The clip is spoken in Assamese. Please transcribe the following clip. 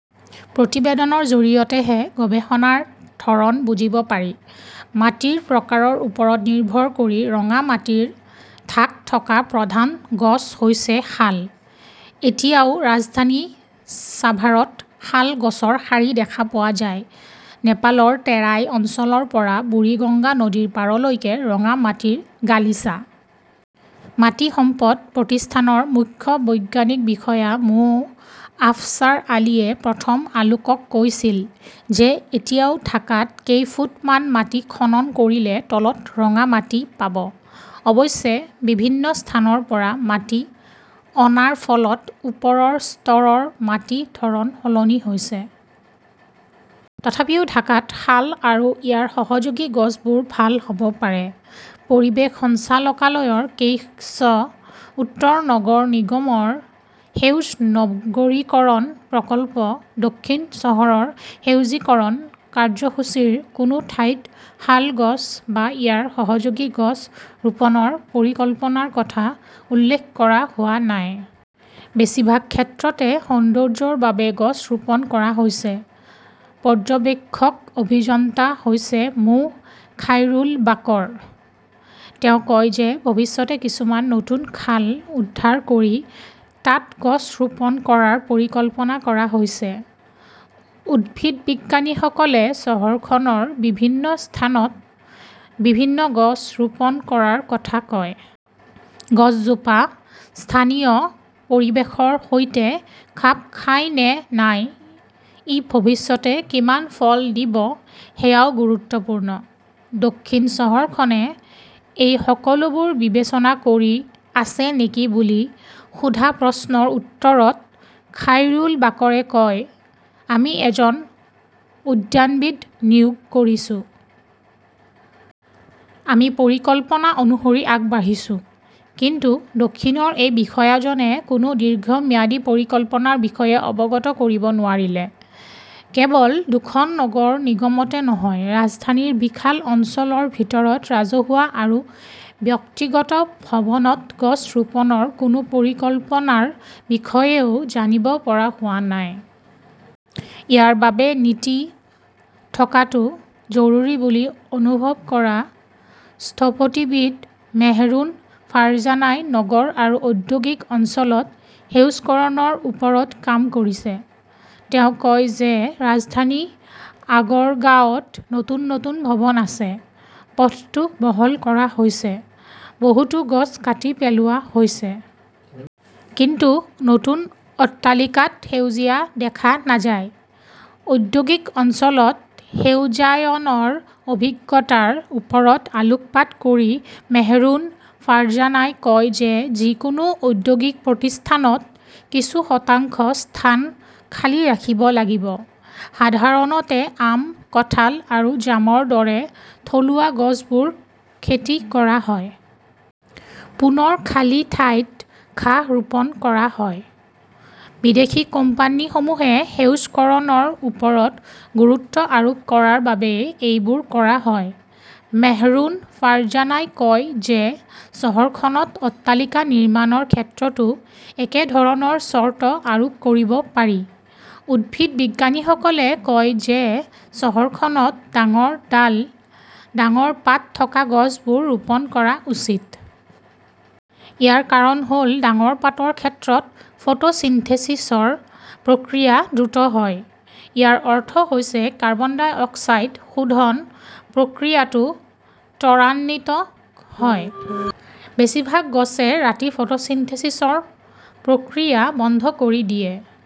প্ৰতিবেদনৰ জৰিয়তেহে গৱেষণাৰ ধৰণ বুজিব পাৰি। মাটিৰ প্ৰকাৰৰ ওপৰত নিৰ্ভৰ কৰি ৰঙা মাটিৰ ঢাক থকা প্ৰধান গছ হৈছে শাল। এতিয়াও ৰাজধানী চাভাৰত শাল গছৰ শাৰী দেখা পোৱা যায়। নেপালৰ টেৰাই অঞ্চলৰ পৰা বুৰিগঙ্গা নদীৰ পাৰলৈকে ৰঙা মাটিৰ গালিচা। মাটি সম্পদ প্ৰতিষ্ঠানৰ মুখ্য বৈজ্ঞানিক বিষয়া মো. আফচাৰ আলীয়ে প্ৰথম আলোকক কৈছিল যে এতিয়াও ঢাকাত কেইফুট মান মাটি খনন কৰিলে তলত ৰঙা মাটি পাব। অৱশ্যে, বিভিন্ন স্থানৰ পৰা মাটি অনাৰ ফলত ওপৰৰ স্তৰৰ মাটিৰ ধৰণ সলনি হৈছে। তথাপিও ঢাকাত শাল আৰু ইয়াৰ সহযোগী গছবোৰ ভাল হ'ব পাৰে। পৰিৱেশ সঞ্চালকালয়ৰ কেইছ, উত্তৰ নগৰ নিগমৰ সেউজ নগৰীকৰণ প্ৰকল্প, দক্ষিণ চহৰৰ সেউজীকৰণ কাৰ্যসূচীৰ কোনো ঠাইত শাল গছ বা ইয়াৰ সহযোগী গছ ৰোপণৰ পৰিকল্পনাৰ কথা উল্লেখ কৰা হোৱা নাই। বেছিভাগ ক্ষেত্ৰতে, সৌন্দৰ্য্যৰ বাবে গছ ৰোপণ কৰা হৈছে। পৰ্যবেক্ষক অভিযন্তা হৈছে মো. খাইৰুল বাকৰ। তেওঁ কয় যে ভৱিষ্যতে কিছুমান নতুন খাল উদ্ধাৰ কৰি তাত গছ ৰোপণ কৰাৰ পৰিকল্পনা কৰা হৈছে। উদ্ভিদবিজ্ঞানীসকলে চহৰখনৰ বিভিন্ন স্থানত বিভিন্ন গছ ৰোপণ কৰাৰ কথা কয়। গছজোপা স্থানীয় পৰিৱেশৰ সৈতে খাপ খায় নে নাই, ই ভৱিষ্যতে কিমান ফল দিব সেয়াও গুৰুত্বপূৰ্ণ। দক্ষিণ চহৰখনে এই সকলোবোৰ বিবেচনা কৰি আছে নেকি বুলি সোধা প্ৰশ্নৰ উত্তৰত খাইৰুল বাকৰে কয়, আমি এজন উদ্যানবিদ নিয়োগ কৰিছো। আমি পৰিকল্পনা অনুসৰি আগবাঢ়িছো। কিন্তু দক্ষিণৰ এই বিষয়াজনে কোনো দীৰ্ঘম্যাদী পৰিকল্পনাৰ বিষয়ে অৱগত কৰিব নোৱাৰিলে। কেৱল দুখন নগৰ নিগমতে নহয়, ৰাজধানীৰ বিশাল অঞ্চলৰ ভিতৰত ৰাজহুৱা আৰু ব্যক্তিগত ভৱনত গছ ৰোপণৰ কোনো পৰিকল্পনাৰ বিষয়েও জানিব পৰা হোৱা নাই। ইয়াৰ বাবে নীতি থকাটো জৰুৰী বুলি অনুভৱ কৰা স্থপতিবিদ মেহৰুন ফাৰ্জানাই নগৰ আৰু ঔদ্যোগিক অঞ্চলত সেউজকৰণৰ ওপৰত কাম কৰিছে। তেওঁ কয় যে ৰাজধানী আগৰগাঁৱত নতুন নতুন ভৱন আছে। পথটো বহল কৰা হৈছে। বহুতো গছ কাটি পেলোৱা হৈছে। কিন্তু নতুন অট্টালিকাত সেউজীয়া দেখা নাযায়। ঔদ্যোগিক অঞ্চলত সেউজায়নৰ অভিজ্ঞতাৰ ওপৰত আলোকপাত কৰি মেহৰুন ফাৰ্জানাই কয় যে যিকোনো ঔদ্যোগিক প্ৰতিষ্ঠানত কিছু শতাংশ স্থান খালী ৰাখিব লাগিব। সাধাৰণতে আম, কাঁঠাল আৰু জামৰ দৰে থলুৱা গছবোৰ খেতি কৰা হয়। পুনৰ খালী ঠাইত ঘাঁহ ৰোপণ কৰা হয়। বিদেশী কোম্পানীসমূহে সেউজকৰণৰ ওপৰত গুৰুত্ব আৰোপ কৰাৰ বাবেই এইবোৰ কৰা হয়। মেহৰুন ফাৰ্জানাই কয় যে চহৰখনত অট্টালিকা নিৰ্মাণৰ ক্ষেত্ৰতো একেধৰণৰ চৰ্ত আৰোপ কৰিব পাৰি। উদ্ভিদবিজ্ঞানীসকলে কয় যে চহৰখনত ডাঙৰ ডাল, ডাঙৰ পাত থকা গছবোৰ ৰোপণ কৰা উচিত। ইয়াৰ কাৰণ হ'ল, ডাঙৰ পাতৰ ক্ষেত্ৰত ফটোচিনথেসিসৰ প্ৰক্ৰিয়া দ্ৰুত হয়। ইয়াৰ অৰ্থ হৈছে কাৰ্বন ডাই অক্সাইড শোষণ প্ৰক্ৰিয়াটো ত্বৰান্বিত হয়। বেছিভাগ গছে ৰাতি‌ ফটোচিনথেসিসৰ প্ৰক্ৰিয়া বন্ধ কৰি দিয়ে।